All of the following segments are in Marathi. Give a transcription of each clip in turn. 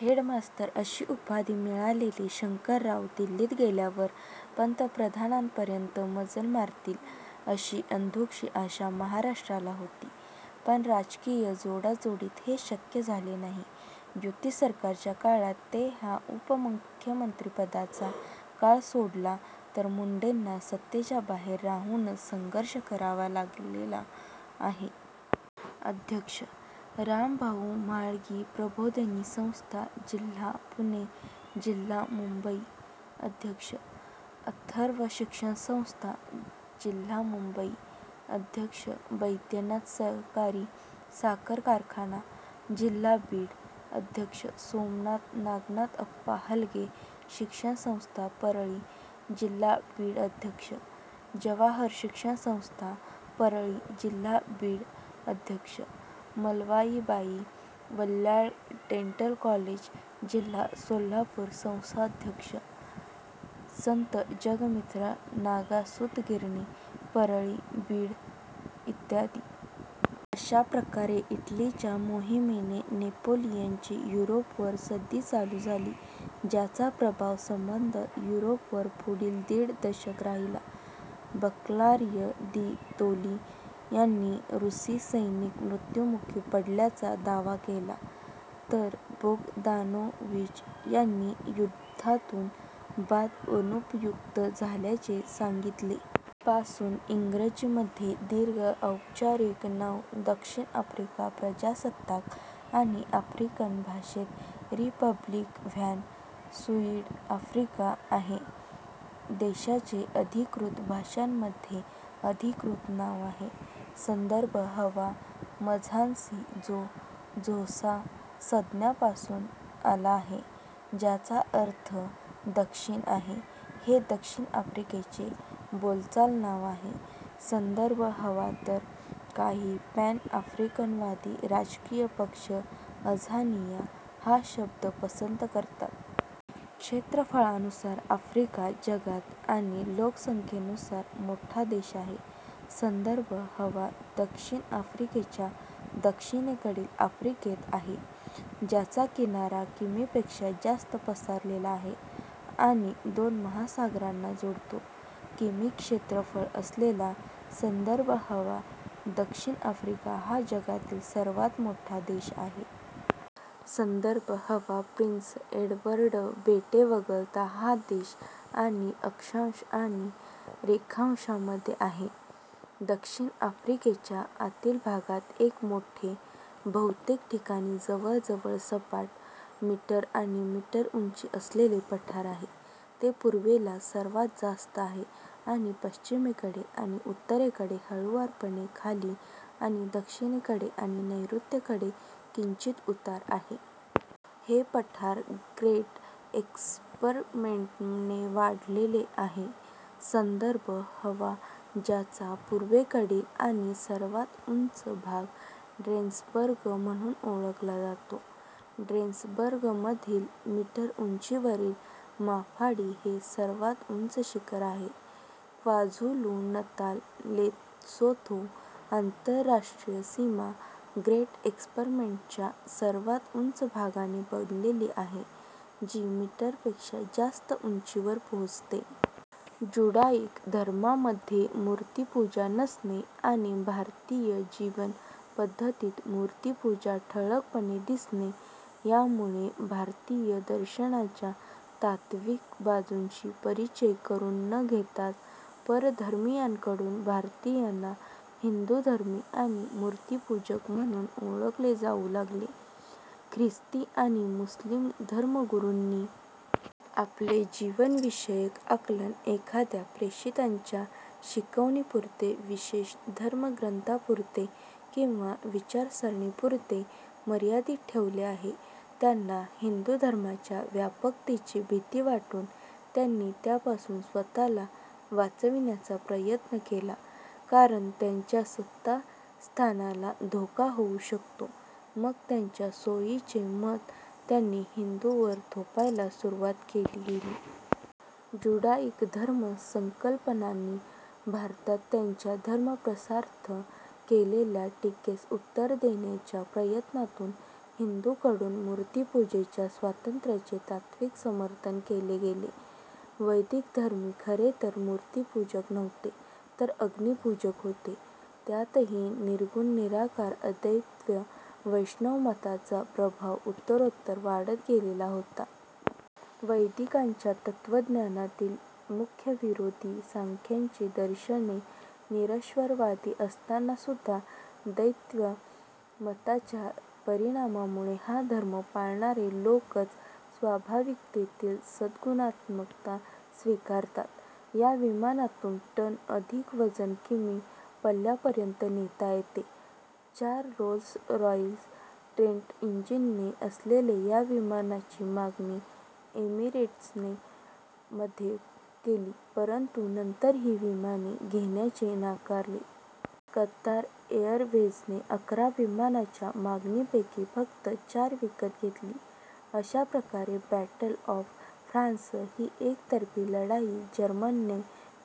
हेड मास्तर अशी उपाधी मिळालेले शंकरराव दिल्लीत गेल्यावर पन्तप्रधानपदापर्यंत मजल मारतील, अशी अंधूकशी आशा महाराष्ट्राला होती; पण राजकीय जोडातोडीत हे शक्य झाले नाही. युती सरकारच्या काळात ते हा उपमुख्यमंत्रीपदाचा काळ सोडला तर मुंडेंना सत्तेच्या बाहेर राहूनच संघर्ष करावा लागलेला आहे. अध्यक्ष: रामभाऊ म्हाळगी प्रबोधिनी संस्था, जिल्हा पुणे ,जिल्हा मुंबई अध्यक्ष: अथर्व शिक्षण संस्था, जिल्हा मुंबई अध्यक्ष: वैद्यनाथ सहकारी साखर कारखाना, जिल्हा बीड अध्यक्ष: सोमनाथ नागनाथअप्पा हालगे शिक्षण संस्था, परळी जिल्हा बीड अध्यक्ष: जवाहर शिक्षण संस्था, परळी जिल्हा बीड अध्यक्ष: मल्लवाबाई वल्ल्याळ डेंटल कॉलेज, जिल्हा सोलापूर संस्थाध्यक्ष: संत जगमित्र नागा सुतगिरणी, परळी जिल्हा बीड इ. अशा प्रकारे इटलीच्या मोहिमेने नेपोलियनची युरोपवर सद्दी चालू झाली ज्याचा प्रभाव संबध युरोपवर पुढील दीड दशक राहिला. बर्क्लाय दि तोली यांनी रूसी सैनिक मृत्युमुखी पडल्याचा दावा केला, तर बोगदानोविच यांनी युद्धातून बाद अनुपयुक्त झाल्याचे सांगितले. पासून, इंग्रजीमध्ये दीर्घ औपचारिक नाव "दक्षिण आफ्रिका प्रजासत्ताक" आणि आफ्रिकन भाषेत रिपब्लिक व्हॅन सुइड-आफ्रिका आहे. देशाचे अधिकृत भाषांमध्ये अधिकृत नाव आहे. संदर्भ हवा मझान्सी, जो झोसा संज्ञा पासून आला आहे ज्याचा अर्थ "दक्षिण" आहे, हे दक्षिण आफ्रिकेचे बोलचाल नाव आहे, संदर्भ हवा तर काही पॅन-आफ्रिकनवादी राजकीय पक्ष "अझानिया" हा शब्द पसंत करतात. क्षेत्रफळानुसार आफ्रिका जगात आणि लोकसंख्येनुसार मोठा देश आहे. संदर्भ हवा दक्षिण आफ्रिकेच्या दक्षिणेकडील आफ्रिकेत आहे, ज्याचा किनारा किमी पेक्षा जास्त पसरलेला आहे आणि दोन महासागरांना जोडतो. किमी क्षेत्रफळ असलेला, संदर्भ हवा दक्षिण आफ्रिका हा जगातील सर्वात मोठा देश आहे. संदर्भ हवा प्रिन्स एडवर्ड बेटे वगळता, हा देश आणि अक्षांश आणि आणि रेखांशांमध्ये आहे. दक्षिण आफ्रिकेच्या आतील भागात एक मोठे, बहुतेक ठिकाणी जवळजवळ सपाट, मीटर आणि मीटर उंची असलेले पठार आहे. ते पूर्वेला सर्वात जास्त आहे आणि पश्चिमेकडे आणि उत्तरेकडे हळूवारपणे खाली आणि दक्षिणेकडे आणि नैऋत्येकडे किंचित उतार आहे. हे पठार ग्रेट एस्कर्पमेंटने वेढलेले आहे. संदर्भ हवा ज्याचा पूर्वेकडील आणि सर्वात उंच भाग ड्रॅकेन्सबर्ग म्हणून ओळखला जातो. ड्रॅकेन्सबर्गमधील मीटर उंचीवरील माफाडी हे सर्वात उंच शिखर आहे. क्वाझुलु-नताल-लेसोथो आंतरराष्ट्रीय सीमा ग्रेट एस्कर्पमेंटच्या सर्वात उंच भागाने बनलेली आहे जी मीटर पेक्षा जास्त उंचीवर पोहोचते. ज्युडायिक धर्मांमध्ये मूर्तिपूजा नसणे आणि भारतीय जीवन पद्धतीत मूर्तिपूजा ठळकपणे दिसणे, यामुळे भारतीय दर्शनांच्या तात्त्विक बाजूंशी परिचय करून न घेताच परधर्मीयांकडून भारतीयांना हिंदुधर्मी आणि मूर्तिपूजक म्हणून ओळखले जाऊ लागले. ख्रिस्ती आणि मुस्लिम धर्मगुरूंनी आपले जीवनविषयक आकलन एखाद्या प्रेषिताच्या शिकवणीपुरते, विशिष्ट धर्मग्रथांपुरते किंवा विचारसरणीपुरते मर्यादित ठेवले आहे, त्यांना हिंदू धर्माच्या व्यापकतेची भीती वाटून त्यांनी त्यापासून स्वतःला वाचविण्याचा प्रयत्न केला, कारण त्यामुळे त्यांच्या सत्तास्थानाला धोका होऊ शकतो; मग त्यांच्या सोईचे मत त्यांनी हिंदूंवर थोपायला सुरुवात केली. ज्युडायिक धर्म संकल्पनांनी भारतात त्यांच्या धर्मप्रसारार्थ केलेल्या टीकेस उत्तर देण्याच्या प्रयत्नांतून हिंदूंकडून मूर्तिपूजेच्या स्वातंत्र्याचे तात्त्विक समर्थन केले गेले. वैदिकधर्मी खरेतर मूर्तिपूजक नव्हते, तर अग्निपूजक होते. त्यातही निर्गुण निराकार अद्वैत वैष्णव मताचा प्रभाव उत्तरोत्तर वाढत गेलेला होता. वैदिकांच्या तत्त्वज्ञानातील मुख्य विरोधी सांख्यांची दर्शने निरीश्वरवादी असतानासुद्धा द्वैत मताच्या परिणामामुळे हा धर्म पाळणारे लोकच स्वाभाविकतेतील सगुणात्मकता स्वीकारतात. या विमानातून टन अधिक वजन किमी पल्ल्यापर्यंत नेता येते. चार रोल्स रॉइस ट्रेंट इंजिने असलेले या विमानाची मागणी एमिरेट्सने मध्ये केली परंतु नंतर ही विमाने घेण्याचे नाकारले. कतार एरवेझने अकरा विमानांच्या मागणीपैकी फक्त चार विकत घेतली.। अशाप्रकारे बॅटल ऑफ फ्रान्स ही एकतर्फी लढाई जर्मनीने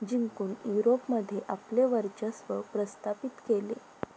जिंकून युरोपमध्ये आपले वर्चस्व प्रस्थापित केले.